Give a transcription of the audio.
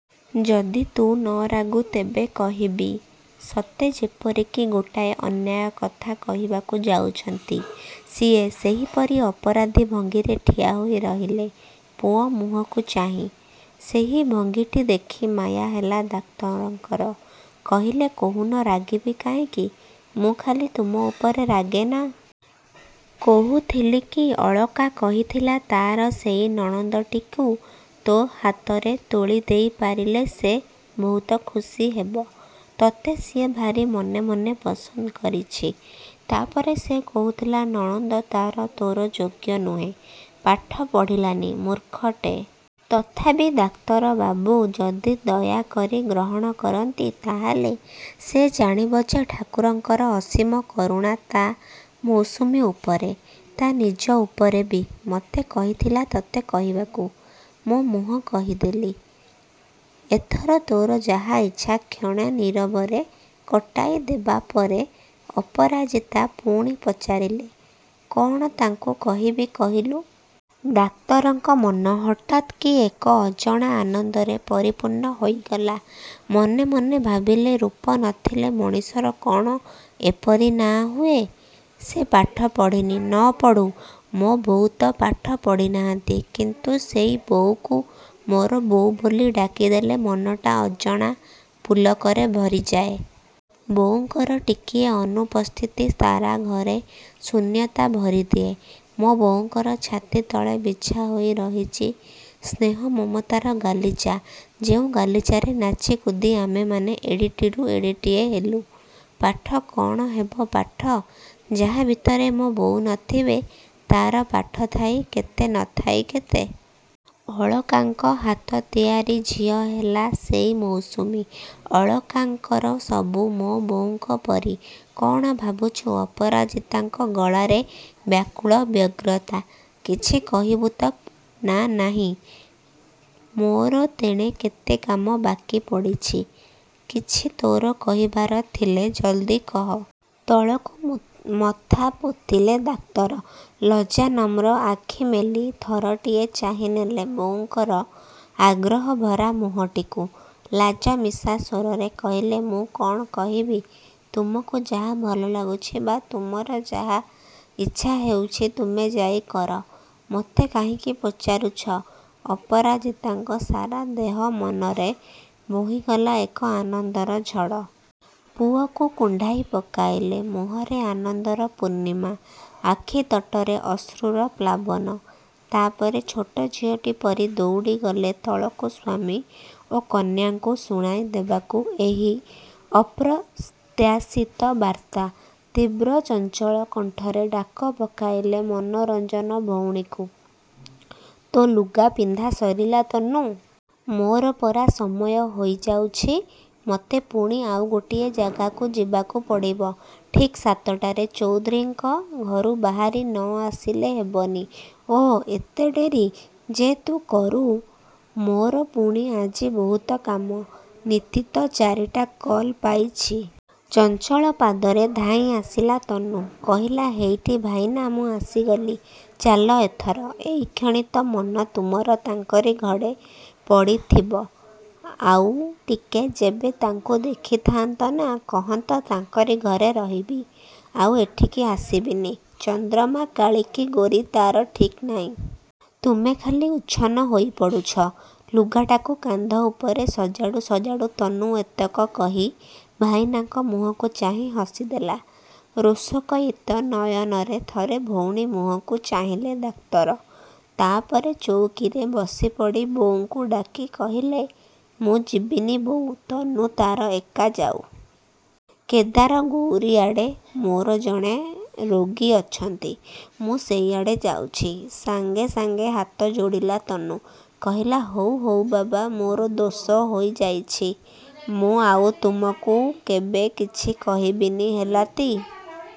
ଯଦି ତୁ ନ ରାଗୁ ତେବେ କହିବି। ସତେଯେପରି କି ଗୋଟାଏ ଅନ୍ୟାୟ କଥା କହିବାକୁ ଯାଉଛନ୍ତି। ସିଏ! ସେହିପରି ଅପରାଧୀ ଭଙ୍ଗୀରେ ଠିଆ ହୋଇ ରହିଲେ ପୁଅ ମୁହଁକୁ ଚାହିଁ। ସେହି ଭଙ୍ଗୀଟି ଦେଖି ମାୟା ହେଲା ଡାକ୍ତରଙ୍କର। କହିଲେ–କହୁନ, ରାଗିବି କାହିଁକି? ମୁଁ ଖାଲି ତୁମ ଉପରେ ରାଗେ ନାଁ? କହୁଥିଲି କି, ଅଳକା କହିଥିଲା ତା'ର ସେଇ ନଣନ୍ଦଟିକୁ ତୋ ହାତରେ ତୋଳି ଦେଇପାରିଲେ ସେ ବହୁତ ଖୁସି ହେବ। ତତେ ସିଏ ଭାରି ମନେ ମନେ ପସନ୍ଦ କରିଛି। ତାପରେ ସେ କହୁଥିଲା ନଣନ୍ଦ ତା'ର ତୋର ଯୋଗ୍ୟ ନୁହେଁ, ପାଠ ପଢ଼ିଲାନି। ମୂର୍ଖଟେ। ତଥାପି ଡାକ୍ତରବାବୁ ଯଦି ଦୟା କରି ଗ୍ରହଣ କରନ୍ତି ତା'ହେଲେ ସେ ଜାଣିବ ଯେ ଠାକୁରଙ୍କର ଅସୀମ କରୁଣା ତା' ମୌସୁମୀ ଉପରେ। ତା' ନିଜ ଉପରେ ବି। ମୋତେ କହିଥିଲା ତତେ କହିବାକୁ। ମୁଁ ମୁଁହ କହିଦେଲି। ଏଥର ତୋର ଯାହା ଇଚ୍ଛା। କ୍ଷଣେ ନୀରବରେ କଟାଇ ଦେବା ପରେ ଅପରାଜିତା ପୁଣି ପଚାରିଲେ, କ'ଣ ତାଙ୍କୁ କହିବି, କହିଲୁ? ଡାକ୍ତରଙ୍କ ମନ ହଠାତ୍ କି ଏକ ଅଜଣା ଆନନ୍ଦରେ ପରିପୂର୍ଣ୍ଣ ହୋଇଗଲା। ମନେ ମନେ ଭାବିଲେ ରୂପ ନଥିଲେ ମଣିଷର କ'ଣ ଏପରି ନାଁ ହୁଏ! ସେ ପାଠ ପଢ଼ିନି, ନ ପଢ଼ୁ। ମୋ ବୋଉ ତ ପାଠ ପଢ଼ିନାହାନ୍ତି। କିନ୍ତୁ ସେଇ ବୋଉକୁ ମୋର ବୋଉ ବୋଲି ଡାକିଦେଲେ ମନଟା ଅଜଣା ପୁଲକରେ ଭରିଯାଏ। ବୋଉଙ୍କର ଟିକିଏ ଅନୁପସ୍ଥିତି ସାରା ଘରେ ଶୂନ୍ୟତା ଭରିଦିଏ। ମୋ ବୋଉଙ୍କର ଛାତି ତଳେ ବିଛା ହୋଇ ରହିଛି ସ୍ନେହ ମମତାର ଗାଲିଚା, ଯେଉଁ ଗାଲିଚାରେ ନାଚି କୁଦି ଆମେମାନେ ଏଡ଼େଟିରୁ ଏଡ଼େଟିଏ ହେଲୁ। ପାଠ, କ'ଣ ହେବ ପାଠ! ଯାହା ଭିତରେ ମୋ ବୋଉ ନ ଥିବେ ତା'ର ପାଠ ଥାଇ କେତେ, ନ ଥାଇ କେତେ। ଅଳକାଙ୍କ ହାତ ତିଆରି ଝିଅ ହେଲା ସେଇ ମୌସୁମୀ। ଅଳକାଙ୍କର ସବୁ ମୋ ବୋଉଙ୍କ ପରି। କ'ଣ ଭାବୁଛୁ? ଅପରାଜିତାଙ୍କ ଗଳାରେ ବ୍ୟାକୁଳ ବ୍ୟଗ୍ରତା। କିଛି କହିବୁ ତ, ନା ନାହିଁ? ମୋର ତେଣେ କେତେ କାମ ବାକି ପଡ଼ିଛି। କିଛି ତୋର କହିବାର ଥିଲେ ଜଲ୍ଦି କହ। ତଳକୁ ମଥା ପୋତିଲେ ଡାକ୍ତର। ଲଜ୍ଜାନମ୍ର ଆଖି ମେଲି ଥରଟିଏ ଚାହିଁନେଲେ ବୋଉଙ୍କର ଆଗ୍ରହଭରା ମୁହଁଟିକୁ। ଲାଜମିଶା ସ୍ୱରରେ କହିଲେ ମୁଁ କ'ଣ କହିବି। ତୁମକୁ ଯାହା ଭଲଲାଗୁଛି ବା ତୁମର ଯାହା ଇଚ୍ଛା ହେଉଛି ତୁମେ ଯାଇ କର। ମତେ କାହିଁକି ପଚାରୁଛ? ଅପରାଜିତାଙ୍କ ସାରା ଦେହ ମନରେ ବୋହିଗଲା ଏକ ଆନନ୍ଦର ଝଡ଼। ପୁଅକୁ କୁଣ୍ଢାଇ ପକାଇଲେ। ମୁହଁରେ ଆନନ୍ଦର ପୂର୍ଣ୍ଣିମା। ଆଖିତଟରେ ଅଶ୍ରୁର ପ୍ଲାବନ। ତା'ପରେ, ଛୋଟ ଝିଅଟିପରି ଦଉଡ଼ିଗଲେ ତଳକୁ ସ୍ୱାମୀ ଓ କନ୍ୟାଙ୍କୁ ଶୁଣାଇ ଦେବାକୁ ଏହି ଅପ୍ରତ୍ୟାଶିତ ବାର୍ତ୍ତା! ତୀବ୍ର ଚଞ୍ଚଳ କଣ୍ଠରେ ଡାକ ପକାଇଲେ ମନୋରଞ୍ଜନ ଭଉଣୀକୁ। ତୋ ଲୁଗା ପିନ୍ଧା ସରିଲା ତନୁ। ମୋର ପରା ସମୟ ହୋଇଯାଉଛି। ମୋତେ ପୁଣି ଆଉ ଗୋଟିଏ ଜାଗାକୁ ଯିବାକୁ ପଡ଼ିବ। ଠିକ୍ ସାତଟାରେ ଚୌଧୁରୀଙ୍କ ଘରୁ ବାହାରି ନ ଆସିଲେ ହେବନି। ଓହୋଃ, କେତେ ଡେରି ଯେ ତୁ କରୁ। ମୋର ପୁଣି ଆଜି ବହୁତ କାମ। ନୀତିତ, ଚାରିଟା କଲ୍ ପାଇଛି। ଚଞ୍ଚଳ ପାଦରେ ଧାଇଁଆସିଲା ତନୁ। କହିଲା–ହେଇଟି ଭାଇନା, ମୁଁ ଆସିଗଲି। ଚାଲ ଏଥର। ଏଇକ୍ଷଣି ତ ମନ ତୁମର ତାଙ୍କରି ଘରେ ପଡ଼ିଥିବ। ଆଉଟିକେ ଯେବେ ତାଙ୍କୁ ଦେଖିଥାଆନ୍ତ ନା, କହନ୍ତ ତାଙ୍କରି ଘରେ ରହିବି। ଆଉ ଏଠିକି ଆସିବିନି। ଚନ୍ଦ୍ରମା କାଳୀ କି ଗୋରୀ ତା'ର ଠିକ୍ ନାହିଁ। ତୁମେ ଖାଲି ଉଚ୍ଛନ୍ନ ହୋଇପଡ଼ୁଛ। ଲୁଗାଟାକୁ କାନ୍ଧ ଉପରେ ସଜାଡ଼ୁ, ସଜାଡ଼ୁ ତନୁ ଏତକ କହି ଭାଇନାଙ୍କ ମୁହଁକୁ ଚାହିଁ ହସିଦେଲା। ରୋଷକୟିତ ନୟନରେ ଥରେ ଭଉଣୀ ମୁହଁକୁ ଚାହିଁଲେ ଡାକ୍ତର। ତାପରେ ଚୌକିରେ ବସିପଡ଼ି ବୋଉକୁ ଡାକି କହିଲେ ମୁଁ ଯିବିନି ବୋଉ। ତନୁ ତା'ର ଏକା ଯାଉ। କେଦାରଗୌରୀଆଡ଼େ ମୋର ଜଣେ ରୋଗୀ ଅଛନ୍ତି, ମୁଁ ସେଇଆଡ଼େ ଯାଉଛି। ସାଙ୍ଗେ ସାଙ୍ଗେ ହାତ ଯୋଡ଼ିଲା ତନୁ। କହିଲା–ହଉ ହଉ ବାବା, ମୋର ଦୋଷ ହୋଇଯାଇଛି। ମୁଁ ଆଉ ତୁମକୁ କେବେ କିଛି କହିବିନି ହେଲାତି?